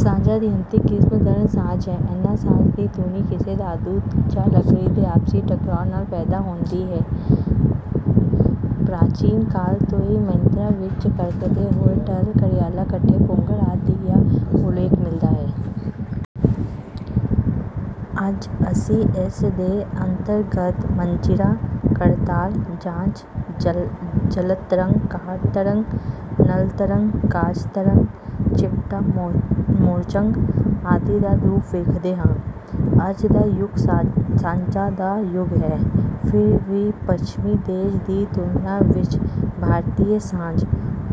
ਸਾਜ਼ਾਂ ਦੀ ਅੰਤਿਮ ਕਿਸਮ ਘਣ ਸਾਜ਼ ਹੈ। ਇਨ੍ਹਾਂ ਸਾਜ਼ਾਂ ਦੀ ਧੁਨੀ ਕਿਸੇ ਧਾਤੂ ਜਾਂ ਲਕੜੀ ਦੇ ਆਪਸੀ ਟਕਰਾਅ ਨਾਲ ਪੈਦਾ ਹੁੰਦੀ ਹੈ। ਪ੍ਰਚੀਨ ਕਾਲ ਤੋਂ ਹੀ ਮੰਦਰਾਂ ਵਿੱਚ ਖੜਕਦੇ ਹੋਏ ਟੱਲ, ਘੜਿਆਲ, ਘੰਟੀਆਂ, ਘੁੰਗਰੂ ਆਦਿ ਦਾ ਉਲੇਖ ਮਿਲਦਾ ਹੈ। ਅੱਜ ਅਸੀਂ ਇਸ ਦੇ ਅੰਤਰਗਤ ਮੰਜੀਰਾ, ਖੜਤਾਲ, ਝਾਂਜ, ਜਲਤਰੰਗ, ਕਾਠ ਤਰੰਗ, ਨਲ ਤਰੰਗ, ਕਾਂਚ ਤਰੰਗ, ਚਿਮਟਾ, ਮੋਰਚੰਗ ਆਦਿ ਦਾ ਰੂਪ ਵੇਖਦੇ ਹਾ। ਅੱਜ ਦਾ ਯੁਗ ਸਾਜ਼ਾਂ ਦਾ ਯੁਗ ਹੈ| ਫ਼ਿਰ ਵੀ ਪੱਛਮੀ ਦੇਸ਼ ਦੀ ਤੁਲਨਾ ਵਿੱਚ ਭਾਰਤੀ ਸਾਜ਼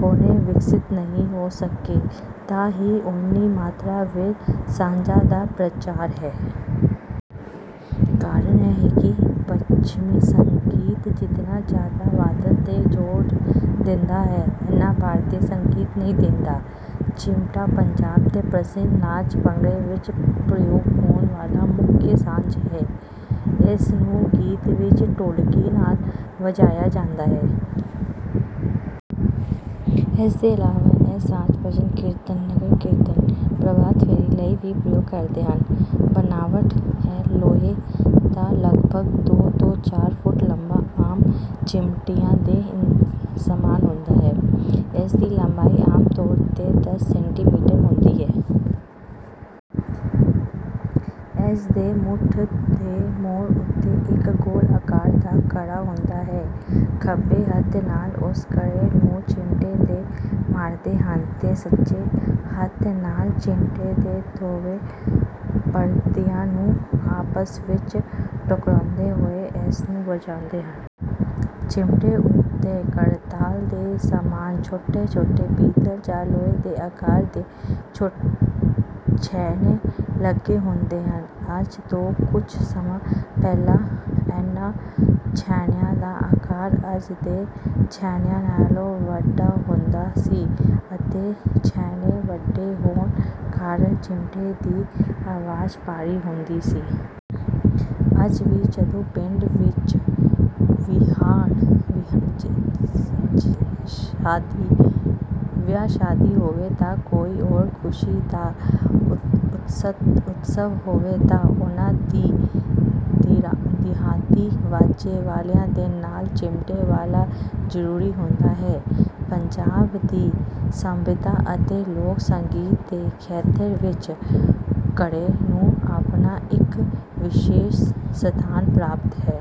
ਉਨੇ ਵਿਕਸਿਤ ਨਹੀਂ ਹੋ ਸਕੇ ਅਤੇ ਨਾ ਹੀ ਉਤਨੀ ਮਾਤਰਾ ਵਿੱਚ ਸਾਜਾਂ ਦਾ ਪ੍ਰਚਾਰ ਹੈ। ਕਾਰਨ ਇਹ ਹੈ ਕਿ ਪੱਛਮੀ ਸੰਗੀਤ ਜਿਤਨਾ ਵਧਿਆ ਵਾਦਨ ਤੇ ਜ਼ੋਰ ਦਿੰਦਾ ਹੈ, ਇਤਨਾ ਭਾਰਤੀ ਸੰਗੀਤ ਨਹੀ। ਚਿਮਟਾ ਪੰਜਾਬ ਦੇ ਪ੍ਰਸਿੱਧ ਨਾਚ ਭੰਗੜੇ ਵਿੱਚ ਪ੍ਰਯੋਗ ਹੋਣ ਵਾਲਾ ਮੁਖ ਸਾਜ਼ ਹੈ। ਇਸ ਨੂੰ ਗੀਤ ਵਿੱਚ ਢੋਲਕੀ ਨਾਲ ਵਜਾਇਆ ਜਾਂਦਾ ਹੈ। ਇਸ ਤੋਂ ਇਲਾਵਾ ਇਹ ਸਾਜ਼ ਭਜਨ, ਕੀਰਤਨ, ਨਗਰ ਕੀਰਤਨ, ਪ੍ਰਭਾਤ ਫੇਰੀ ਲਈ ਵੀ ਪ੍ਰਯੋਗ ਕਰਦੇ ਹਨ। ਬਣਾਵਟ, ਇਹ ਲੋਹੇ ਦਾ ਲਗਭਗ ਦੋ ਤੋਂ ਚਾਰ ਫੁਟ ਲੰਬਾ ਆਮ ਚਿਮਟਿਆਂ ਦੇ ਸਮਾਨ ਹੁੰਦਾ ਹੈ। ਇਸ ਦੀ ਲੰਬਾਈ ਆਮ ਤੌਰ ਤੇ ਦਸ ਸੈਂਟੀਮੀਟਰ ਹੁੰਦੀ ਹੈ। ਇਸ ਦੇ ਮੁਠ ਦੇ ਮੋੜ ਉੱਤੇ ਇੱਕ ਗੋਲ ਆਕਾਰ ਦਾ ਕੜਾ ਹੁੰਦਾ ਹੈ। ਖੱਬੇ ਹੱਥ ਨਾਲ ਉਸ ਕੜੇ ਨੂੰ ਚਿਮਟੇ ਤੇ ਮਾਰਦੇ ਹਨ ਤੇ ਸੱਜੇ ਹੱਥ ਨਾਲ ਚਿਮਟੇ ਦੇ ਦੋਵੇਂ ਪਰਤਿਆਂ ਨੂੰ ਆਪਸ ਵਿੱਚ ਟਕਰਾਉਂਦੇ ਹੋਏ ਇਸ ਨੂੰ ਵਜਾਉਂਦੇ ਹਨ। ਚਿਮਟੇ ਉੱਤੇ ਖੜਤਾਲ ਦੇ ਸਮਾਨ ਛੋਟੇ-ਛੋਟੇ ਪਿਤਲ ਜਾਂ ਲੋਹੇ ਦੇ ਆਕਾਰ ਦੇ ਛੈਣੇ ਲੱਗੇ ਹੁੰਦੇ ਹਨ। ਅੱਜ ਤੋਂ ਕੁਝ ਸਮਾਂ ਪਹਿਲਾਂ ਇਨ੍ਹਾਂ ਛੈਣਿਆ ਦਾ ਆਕਾਰ ਅੱਜ ਦੇ ਛੈਣਿਆਂ ਨਾਲੋਂ ਵੱਡਾ ਹੁੰਦਾ ਸੀ ਅਤੇ ਛੈਣੇ ਵੱਡੇ ਹੋਣ ਕਾਰਨ ਚਿਮਟੇ ਦੀ ਆਵਾਜ਼ ਭਾਰੀ ਹੁੰਦੀ ਸੀ। ਅੱਜ ਵੀ ਜਦੋਂ ਪਿੰਡ ਵਿੱਚ ਵਿਆਹ, ਸ਼ਾਦੀ ਹੋਵੇ ਜਾਂ ਕੋਈ ਹੋਰ ਖ਼ੁਸ਼ੀ ਦਾ ਉਤਸਵ ਹੋਵੇ ਤਾਂ ਉਹਨਾਂ ਦੇ ਦਿਹਾਤੀ ਵਾਜੇ ਵਾਲਿਆਂ ਦੇ ਨਾਲ ਚਿਮਟੇ ਵਾਲਾ ਜ਼ਰੂਰੀ ਹੁੰਦਾ ਹੈ। ਪੰਜਾਬ ਦੀ ਸੱਭਿਅਤਾ ਅਤੇ ਲੋਕ ਸੰਗੀਤ ਦੇ ਖੇਤਰ ਵਿੱਚ ਘੜੇ ਨੂੰ ਆਪਣਾ ਇੱਕ ਵਿਸ਼ੇਸ਼ ਸਥਾਨ ਪ੍ਰਾਪਤ ਹੈ।